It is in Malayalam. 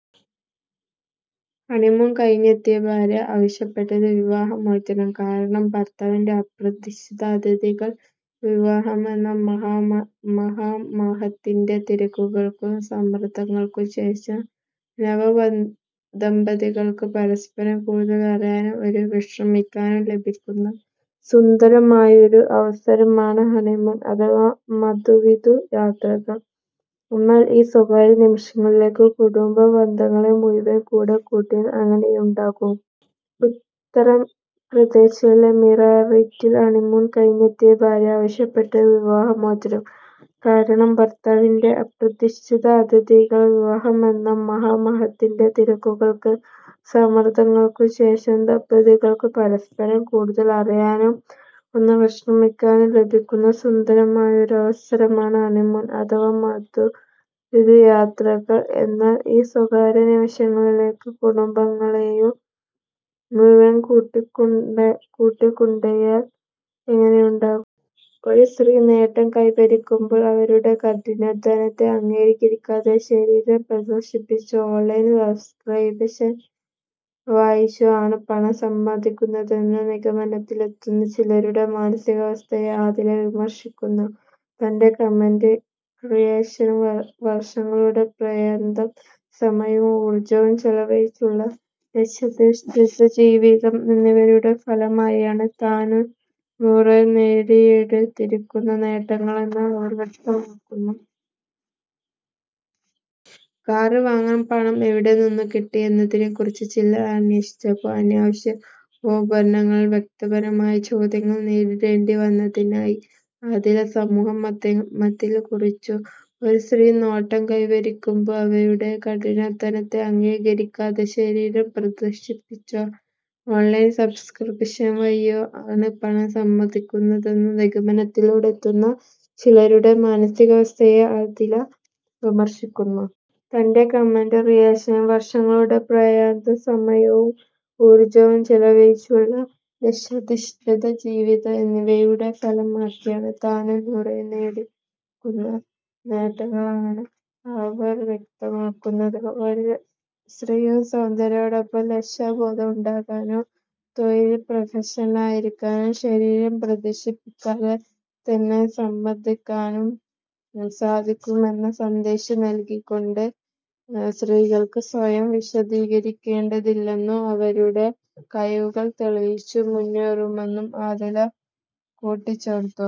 ഹണിമൂൺ കഴിഞ്ഞെത്തിയ ഭാര്യ ആവശ്യപ്പെട്ടത് വിവാഹമോചനം! കാരണം ഭർത്താവിന്റെ അപ്രതീക്ഷിത അതിഥികൾ വിവാഹമെന്ന മഹാമഹത്തിന്റെ തിരക്കുകൾക്കും സമ്മർദങ്ങൾക്കും ശേഷം നവദമ്പതികൾക്ക് പരസ്പരം കൂടുതൽ അറിയാനും, ഒന്ന് വിശ്രമിക്കാനും ലഭിക്കുന്ന സുന്ദരമായൊരു അവസരമാണ് ഹണിമൂൺ അഥവാ മധുവിധു യാത്രകൾ. എന്നാൽ, ഈ സ്വകാര്യ നിമിഷങ്ങളിലേക്ക് കുടുംബാംഗങ്ങളെ മുഴുവൻ കൂടെക്കൂട്ടിയാൽ എങ്ങനെയുണ്ടാകും? ഉത്ത റപ്രദേശിലെ മീററ്റിൽ ഹണിമൂൺ കഴിഞ്ഞെത്തിയ ഭാര്യ ആവശ്യപ്പെട്ടത് വിവാഹമോചനം! കാരണം ഭർത്താവിന്റെ അപ്രതീക്ഷിത അതിഥികൾ വിവാഹമെന്ന മഹാമഹത്തിന്റെ തിരക്കുകൾക്കും സമ്മർദങ്ങൾക്കും ശേഷം നവദമ്പതികൾക്ക് പരസ്പരം കൂടുതൽ അറിയാനും, ഒന്ന് വിശ്രമിക്കാനും ലഭിക്കുന്ന സുന്ദരമായൊരു അവസരമാണ് ഹണിമൂൺ അഥവാ മധുവിധു യാത്രകൾ. എന്നാൽ, ഈ സ്വകാര്യ നിമിഷങ്ങളിലേക്ക് കുടുംബാംഗങ്ങളെയും മുഴുവൻ കൂട്ടിക്കൊണ്ടുകൂടെക്കൂട്ടിയാൽ എങ്ങനെയുണ്ടാകും? ഒരു സ്ത്രീ നേട്ടം കൈവരിക്കുമ്പോൾ അവരുടെ കഠിനാധ്വാനത്തെ അംഗീകരിക്കാതെ, ശരീരം പ്രദർശിപ്പിച്ചോ ഓൺലൈൻ സബ്സക്രൈ വഴിയോ ആണ് പണം സമ്പാദിക്കുന്നതെന്ന നിഗമനത്തിലെത്തുന്ന ചിലരുടെ മാനസികാവസ്ഥയെ ആദില വിമർശിക്കുന്നു. തന്റെ കണ്ടന്റ് ക്രിയേഷൻ, വർഷങ്ങളുടെ പ്രയത്നം, സമയവും ഊർജ്ജവും ചെലവഴിച്ചുള്ള ലക്ഷ്യാധിഷ്ഠിത ജീവിതം എന്നിവയുടെ ഫലമായാണ് താനും നൂറയും നേടിയെടുത്തിരിക്കുന്ന നേട്ടങ്ങളെന്ന് അവർ വ്യക്തമാക്കുന്നു. കാർ വാങ്ങാൻ പണം എവിടെനിന്നുകിട്ടി എന്നതിനെക്കുറിച്ച് ചിലർ അന്വേഷിച്ചപ്പോൾ, അനാവശ്യ ഊഹങ്ങളും വ്യക്തിപരമായ ചോദ്യങ്ങളും നേരിടേണ്ടി വന്നതായി ആദില സമൂഹമാധ്യമത്തിൽ കുറിച്ചു. ഒരു സ്ത്രീ നേട്ടം കൈവരിക്കുമ്പോൾ അവരുടെ കഠിനാധ്വാനത്തെ അംഗീകരിക്കാതെ, ശരീരം പ്രദർശിപ്പിച്ചോ ഓൺലൈൻ സബ്സ്ക്രിപ്ഷൻ വഴിയോ ആണ് പണം സമ്പാദിക്കുന്നതെന്ന നിഗമനത്തിലെത്തുന്ന ചിലരുടെ മാനസികാവസ്ഥയെ ആദില വിമർശിക്കുന്നു. തന്റെ കണ്ടന്റ് ക്രിയേഷൻ, വർഷങ്ങളുടെ പ്രയത്നം, സമയവും ഊർജ്ജവും ചെലവഴിച്ചുള്ള ലക്ഷ്യാധിഷ്ഠിത ജീവിതം എന്നിവയുടെ ഫലമായാണ് താനും നൂറയും നേടിയെടുക്കുന്ന നേട്ടങ്ങളെന്ന് അവർ വ്യക്തമാക്കുന്നു. ഒരു സ്ത്രീക്ക് സൗന്ദര്യത്തോടൊപ്പം ലക്ഷ്യബോധം ഉണ്ടാകാനും, തൊഴിലിൽ പ്രൊഫഷണലായിരിക്കാനും, ശരീരം പ്രദർശിപ്പിക്കാതെ തന്നെ സമ്പാദിക്കാനും സാധിക്കുമെന്ന സന്ദേശം നൽകിക്കൊണ്ട്, സ്ത്രീകൾക്ക് സ്വയം വിശദീകരിക്കേണ്ടതില്ലെന്നും അവരുടെ കഴിവുകൾ തെളിയിച്ചു മുന്നേറുമെന്നും ആദില കൂട്ടിച്ചേർത്തു.